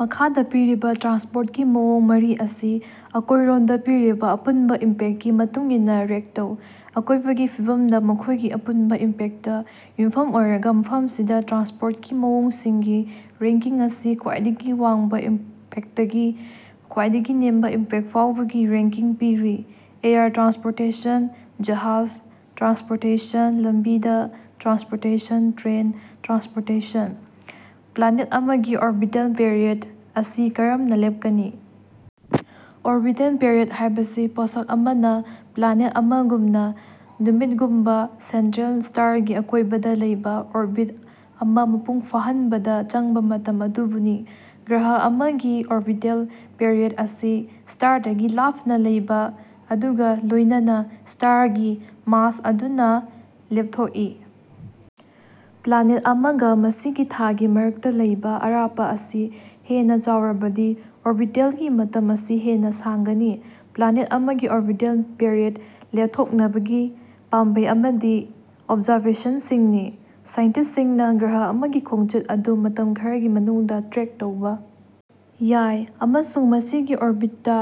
ꯃꯈꯥꯗꯥ ꯄꯤꯔꯤꯕꯥ ꯇ꯭ꯔꯥꯟꯁꯄꯣꯔꯠꯀꯤ ꯃꯑꯣꯡ ꯃꯔꯤ ꯑꯁꯤ ꯑꯀꯣꯏꯔꯣꯟꯗꯥ ꯄꯤꯔꯤꯕꯥ ꯑꯄꯨꯟꯕꯥ ꯏꯝꯄꯦꯛꯀꯤ ꯃꯇꯨꯡꯏꯟꯅꯥ ꯔꯦꯡꯛ ꯇꯧ꯫ ꯑꯀꯣꯏꯕꯒꯤ ꯐꯤꯕꯞꯗꯥ ꯃꯈꯣꯏꯒꯤ ꯑꯄꯨꯟꯕꯥ ꯏꯝꯄꯦꯛꯇꯥ ꯌꯨꯝꯐꯝ ꯑꯣꯏꯔꯒꯥ ꯃꯐꯝꯁꯤꯗꯥ ꯇ꯭ꯔꯥꯟꯁꯄꯣꯔꯠꯀꯤ ꯃꯑꯣꯡꯁꯤꯡꯒꯤ ꯔꯦꯡꯀꯤꯡ ꯑꯁꯤ ꯈ꯭ꯋꯥꯏꯗꯒꯤ ꯋꯥꯡꯕꯥ ꯏꯝꯄꯦꯛꯇꯒꯤ ꯈ꯭ꯋꯥꯏꯗꯒꯤ ꯅꯦꯝꯕꯥ ꯏꯝꯄꯦꯛ ꯐꯥꯎꯕꯒꯤ ꯔꯦꯡꯀꯤꯡ ꯄꯤꯔꯤ ꯑꯦꯌꯔ ꯇ꯭ꯔꯥꯟꯁꯄꯣꯔꯇꯦꯁꯟ ꯖꯍꯥꯖ ꯇ꯭ꯔꯥꯟꯁꯄꯣꯔꯇꯦꯁꯟ ꯂꯝꯕꯤꯗꯥ ꯇ꯭ꯔꯥꯟꯁꯄꯣꯔꯇꯦꯁꯟ ꯇ꯭ꯔꯦꯟ ꯇ꯭ꯔꯥꯟꯁꯄꯣꯔꯇꯦꯁꯟ꯫ ꯄ꯭ꯂꯥꯅꯦꯠ ꯑꯃꯒꯤ ꯑꯣꯔꯕꯤꯇꯦꯜ ꯄꯤꯔꯤꯌꯗ ꯑꯁꯤ ꯀꯔꯝꯅꯥ ꯂꯦꯞꯀꯅꯤ? ꯑꯣꯔꯕꯤꯇꯦꯜ ꯄꯤꯔꯤꯌꯗ ꯍꯥꯏꯕꯁꯤ ꯄꯣꯠꯁꯛ ꯑꯃꯅꯥ ꯄ꯭ꯂꯥꯅꯦꯠ ꯑꯃꯒꯨꯝꯅꯥ ꯅꯨꯃꯤꯠꯒꯨꯝꯕꯥ ꯁꯦꯟꯇ꯭ꯔꯦꯜ ꯁ꯭ꯇꯥꯔꯒꯤ ꯑꯀꯣꯏꯕꯗꯥ ꯂꯩꯕꯥ ꯑꯣꯔꯕꯤꯠ ꯑꯃꯥ ꯃꯄꯨꯡ ꯐꯥꯍꯟꯕꯗꯥ ꯆꯪꯕꯥ ꯃꯇꯝ ꯑꯗꯨꯕꯨꯅꯤ꯫ ꯒ꯭ꯔꯍ ꯑꯃꯒꯤ ꯑꯣꯔꯕꯤꯇꯦꯜ ꯄꯤꯔꯤꯌꯗ ꯑꯁꯤ ꯁ꯭ꯇꯥꯔꯗꯒꯤ ꯂꯥꯞꯅꯥ ꯂꯩꯕꯥ ꯑꯗꯨꯒꯥ ꯂꯣꯏꯅꯅꯥ ꯁ꯭ꯇꯥꯔꯒꯤ ꯃꯥꯁ ꯑꯗꯨꯅꯥ ꯂꯦꯞꯊꯣꯛꯏ꯫ ꯄ꯭ꯂꯥꯅꯦꯠ ꯑꯃꯒꯥ ꯃꯁꯤꯒꯤ ꯊꯥꯒꯤ ꯃꯔꯛꯇꯥ ꯂꯩꯕꯥ ꯑꯔꯥꯞꯄꯥ ꯑꯁꯤ ꯍꯦꯟꯅꯥ ꯆꯥꯎꯔꯕꯗꯤ ꯑꯣꯔꯕꯤꯇꯦꯜꯒꯤ ꯃꯇꯝ ꯑꯁꯤ ꯍꯦꯟꯅꯥ ꯁꯥꯡꯒꯅꯤ꯫ ꯄ꯭ꯂꯥꯅꯦꯠ ꯑꯃꯒꯤ ꯑꯣꯔꯕꯤꯇꯦꯜ ꯄꯤꯔꯤꯌꯗ ꯂꯦꯞꯊꯣꯛꯅꯕꯒꯤ ꯄꯥꯝꯕꯩ ꯑꯃꯗꯤ ꯑꯣꯕꯖꯥꯔꯕꯦꯁꯟꯁꯤꯡꯅꯤ꯫ ꯁꯥꯏꯟꯇꯤꯁ꯭ꯠꯁꯤꯡꯅꯥ ꯒ꯭ꯔꯍ ꯑꯃꯒꯤ ꯈꯣꯡꯆꯠ ꯑꯗꯨ ꯃꯇꯝ ꯈꯔꯒꯤ ꯃꯅꯨꯡꯗꯥ ꯇ꯭ꯔꯦꯛ ꯇꯧꯕꯥ ꯌꯥꯏ ꯑꯃꯁꯨꯡ ꯃꯁꯤꯒꯤ ꯑꯣꯔꯕꯤꯠꯇꯥ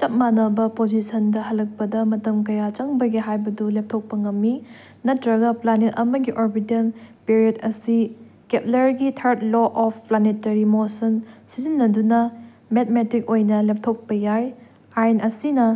ꯆꯞ ꯃꯥꯟꯅꯕꯥ ꯄꯣꯖꯤꯁꯟꯗꯥ ꯍꯜꯂꯛꯄꯗꯥ ꯃꯇꯝ ꯀꯌꯥ ꯆꯪꯕꯒꯦ ꯍꯥꯏꯕꯗꯨ ꯂꯦꯞꯊꯣꯛꯄꯥ ꯉꯝꯃꯤ꯫ ꯅꯠꯇ꯭ꯔꯒꯥ ꯄ꯭ꯂꯥꯅꯦꯠ ꯑꯃꯒꯤ ꯑꯣꯔꯕꯤꯇꯦꯜ ꯄꯤꯔꯤꯌꯗ ꯑꯁꯤ ꯀꯦꯞꯂꯔꯒꯤ third law of planetary motion ꯁꯤꯖꯤꯟꯅꯗꯨꯅꯥ ꯃꯦꯊꯃꯦꯇꯤꯛ ꯑꯣꯏꯅꯥ ꯂꯦꯞꯊꯣꯛꯄꯥ ꯌꯥꯏ꯫ ꯑꯥꯏꯟ ꯑꯁꯤꯅꯥ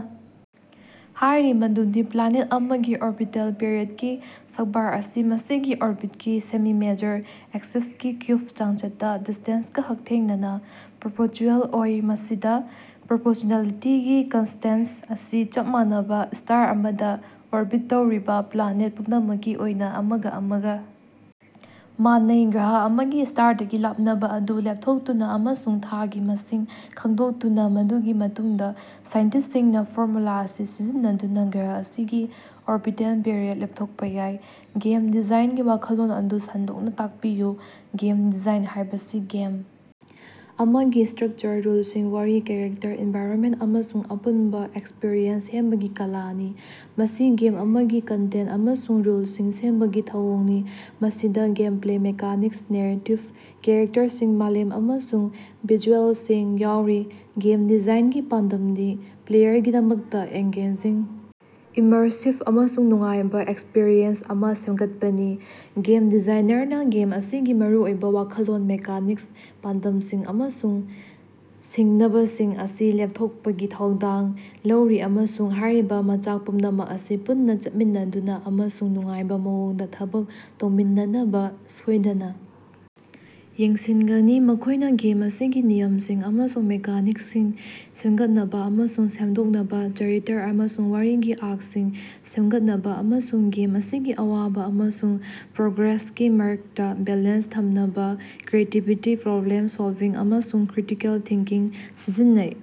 ꯍꯥꯏꯔꯤ ꯃꯗꯨꯗꯤ ꯄ꯭ꯂꯥꯅꯦꯠ ꯑꯃꯒꯤ ꯑꯣꯔꯕꯤꯇꯦꯜ ꯄꯤꯔꯤꯌꯗꯀꯤ ꯁ꯭ꯛꯕꯥꯔ ꯑꯁꯤ ꯃꯁꯤꯒꯤ ꯑꯣꯔꯕꯤꯠꯀꯤ ꯁꯦꯃꯤ-ꯃꯦꯖꯔ ꯑꯦꯛꯁꯤꯁꯀꯤ ꯀ꯭ꯌꯨꯕ ꯆꯥꯡꯆꯠꯇꯥ ꯗꯤꯁ꯭ꯇꯦꯟꯁꯒꯥ ꯍꯛꯊꯦꯡꯅꯅꯥ ꯄ꯭ꯔꯣꯄꯣꯔꯆꯨꯑꯦꯜ ꯑꯣꯏ ꯃꯁꯤꯗꯥ ꯄ꯭ꯔꯣꯄꯣꯔꯆꯨꯅꯦꯂꯤꯇꯤꯒꯤ ꯀꯟꯁꯇꯦꯟꯠ ꯑꯁꯤ ꯆꯞ ꯃꯥꯟꯅꯕꯥ ꯁ꯭ꯇꯥꯔ ꯑꯃꯗꯥ ꯑꯣꯔꯕꯤꯠ ꯇꯧꯔꯤꯕꯥ ꯄ꯭ꯂꯥꯅꯦꯠ ꯄꯨꯝꯅꯃꯛꯀꯤ ꯑꯣꯏꯅꯥ ꯑꯃꯒꯥ ꯑꯃꯒꯥ ꯃꯥꯟꯅꯩ꯫ ꯒ꯭ꯔꯍ ꯑꯃꯒꯤ ꯁ꯭ꯇꯥꯔꯗꯒꯤ ꯂꯥꯞꯅꯕꯥ ꯑꯗꯨ ꯂꯦꯞꯊꯣꯛꯇꯨꯅꯥ ꯑꯃꯁꯨꯡ ꯊꯥꯒꯤ ꯃꯁꯤꯡ ꯈꯪꯗꯣꯛꯇꯨꯅꯥ ꯃꯗꯨꯒꯤ ꯃꯇꯨꯡꯗꯥ ꯁꯥꯏꯟꯇꯤꯁ꯭ꯠꯁꯤꯡꯅꯥ ꯐꯣꯔꯃꯨꯂꯥ ꯑꯁꯤ ꯁꯤꯖꯤꯟꯅꯗꯨꯅꯥ ꯒ꯭ꯔꯍ ꯑꯁꯤꯒꯤ ꯑꯣꯔꯕꯤꯇꯦꯜ ꯄꯤꯔꯤꯌꯗ ꯂꯦꯞꯊꯣꯛꯄꯥ ꯌꯥꯏ꯫ ꯒꯦꯝ ꯗꯤꯖꯥꯏꯟꯒꯤ ꯋꯥꯈꯜꯂꯣꯟ ꯑꯗꯨ ꯁꯟꯗꯣꯛꯅꯥ ꯇꯥꯛꯄꯤꯌꯨ꯫ ꯒꯦꯝ ꯗꯤꯖꯥꯏꯟ ꯍꯥꯏꯕꯁꯤ ꯒꯦꯝ ꯑꯃꯒꯤ ꯁ꯭ꯇꯔꯛꯆꯔ ꯔꯨꯜꯁꯤꯡ ꯋꯥꯔꯤ ꯀꯦꯔꯦꯛꯇꯔ ꯑꯦꯟꯚꯥꯏꯔꯟꯃꯦꯟꯠ ꯑꯃꯁꯨꯡ ꯑꯄꯨꯟꯕꯥ ꯑꯦꯛꯁꯄꯤꯔꯤꯑꯦꯟꯁ ꯁꯦꯝꯕꯒꯤ ꯀꯂꯥꯅꯤ꯫ ꯃꯁꯤ ꯒꯦꯝ ꯑꯃꯒꯤ ꯀꯟꯇꯦꯟꯠ ꯑꯃꯁꯨꯡ ꯔꯨꯜꯁꯤꯡ ꯁꯦꯝꯕꯒꯤ ꯊꯧꯑꯣꯡꯅꯤ ꯃꯁꯤꯗꯥ ꯒꯦꯝꯄ꯭ꯂꯦ ꯃꯦꯀꯥꯅꯤꯛꯁ ꯅꯦꯔꯦꯇꯤꯕ ꯀꯦꯔꯦꯛꯇꯔꯁꯤꯡ ꯃꯥꯂꯦꯝ ꯑꯃꯁꯨꯡ ꯚꯤꯖꯨꯑꯦꯂꯁꯤꯡ ꯌꯥꯎꯔꯤ꯫ ꯒꯦꯝ ꯗꯤꯖꯥꯏꯟꯒꯤ ꯄꯥꯟꯗꯝꯗꯤ ꯄ꯭ꯂꯦꯌꯔꯒꯤꯗꯃꯛꯇꯥ ꯑꯦꯡꯒꯦꯖꯤꯡ ꯏꯃꯔꯁꯤꯕ ꯑꯃꯁꯨꯡ ꯅꯨꯡꯉꯥꯏꯕꯥ ꯑꯦꯛꯁꯄꯔꯤꯌꯦꯟꯁ ꯑꯃꯥ ꯁꯦꯝꯒꯠꯄꯅꯤ꯫ ꯒꯦꯝ ꯗꯤꯖꯥꯏꯅꯔꯅꯥ ꯒꯦꯝ ꯑꯁꯤꯒꯤ ꯃꯔꯨꯑꯣꯏꯕꯥ ꯋꯥꯈꯜꯂꯣꯟ ꯃꯦꯀꯥꯅꯤꯛꯁ ꯄꯥꯟꯗꯝꯁꯤꯡ ꯑꯃꯁꯨꯡ ꯁꯤꯡꯅꯕꯁꯤꯡ ꯑꯁꯤ ꯂꯦꯞꯊꯣꯛꯄꯒꯤ ꯊꯧꯗꯥꯡ ꯂꯧꯔꯤ ꯑꯃꯁꯨꯡ ꯍꯥꯏꯔꯤꯕꯥ ꯃꯆꯥꯛ ꯄꯨꯝꯅꯃꯛ ꯑꯁꯤ ꯄꯨꯟꯅꯥ ꯆꯠꯃꯤꯟꯅꯗꯨꯅꯥ ꯑꯃꯁꯨꯡ ꯅꯨꯡꯉꯥꯏꯕꯥ ꯃꯑꯣꯡꯗꯥ ꯊꯕꯛ ꯇꯧꯃꯤꯟꯅꯅꯕꯥ ꯁꯣꯏꯗꯅꯥ ꯌꯦꯡꯁꯤꯟꯒꯅꯤ꯫ ꯃꯈꯣꯏꯅꯥ ꯒꯦꯝ ꯑꯁꯤꯒꯤ ꯅꯤꯌꯝꯁꯤꯡ ꯑꯃꯁꯨꯡ ꯃꯦꯀꯥꯅꯤꯛꯁꯁꯤꯡ ꯁꯦꯝꯒꯠꯅꯕꯥ ꯑꯃꯁꯨꯡ ꯁꯦꯝꯗꯣꯛꯅꯕꯥ ꯆꯔꯤꯇꯔ ꯑꯃꯁꯨꯡ ꯋꯥꯔꯤꯒꯤ ꯑꯥꯔꯛꯁꯤꯡ ꯁꯦꯝꯒꯠꯅꯕꯥ ꯑꯃꯁꯨꯡ ꯒꯦꯝ ꯑꯁꯤꯒꯤ ꯑꯋꯥꯕꯥ ꯑꯃꯁꯨꯡ ꯄ꯭ꯔꯣꯒ꯭ꯔꯦꯁꯀꯤ ꯃꯔꯛꯇꯥ ꯕꯦꯂꯦꯟꯁ ꯊꯝꯅꯕꯥ ꯀ꯭ꯔꯤꯌꯦꯇꯤꯕꯤꯇꯤ ꯄ꯭ꯔꯣꯕ꯭ꯂꯦꯝ ꯁꯣꯜꯕꯤꯡ ꯑꯃꯁꯨꯡ ꯀ꯭ꯔꯤꯇꯤꯀꯦꯜ ꯊꯤꯡꯀꯤꯡ ꯁꯤꯖꯤꯟꯅꯩ꯫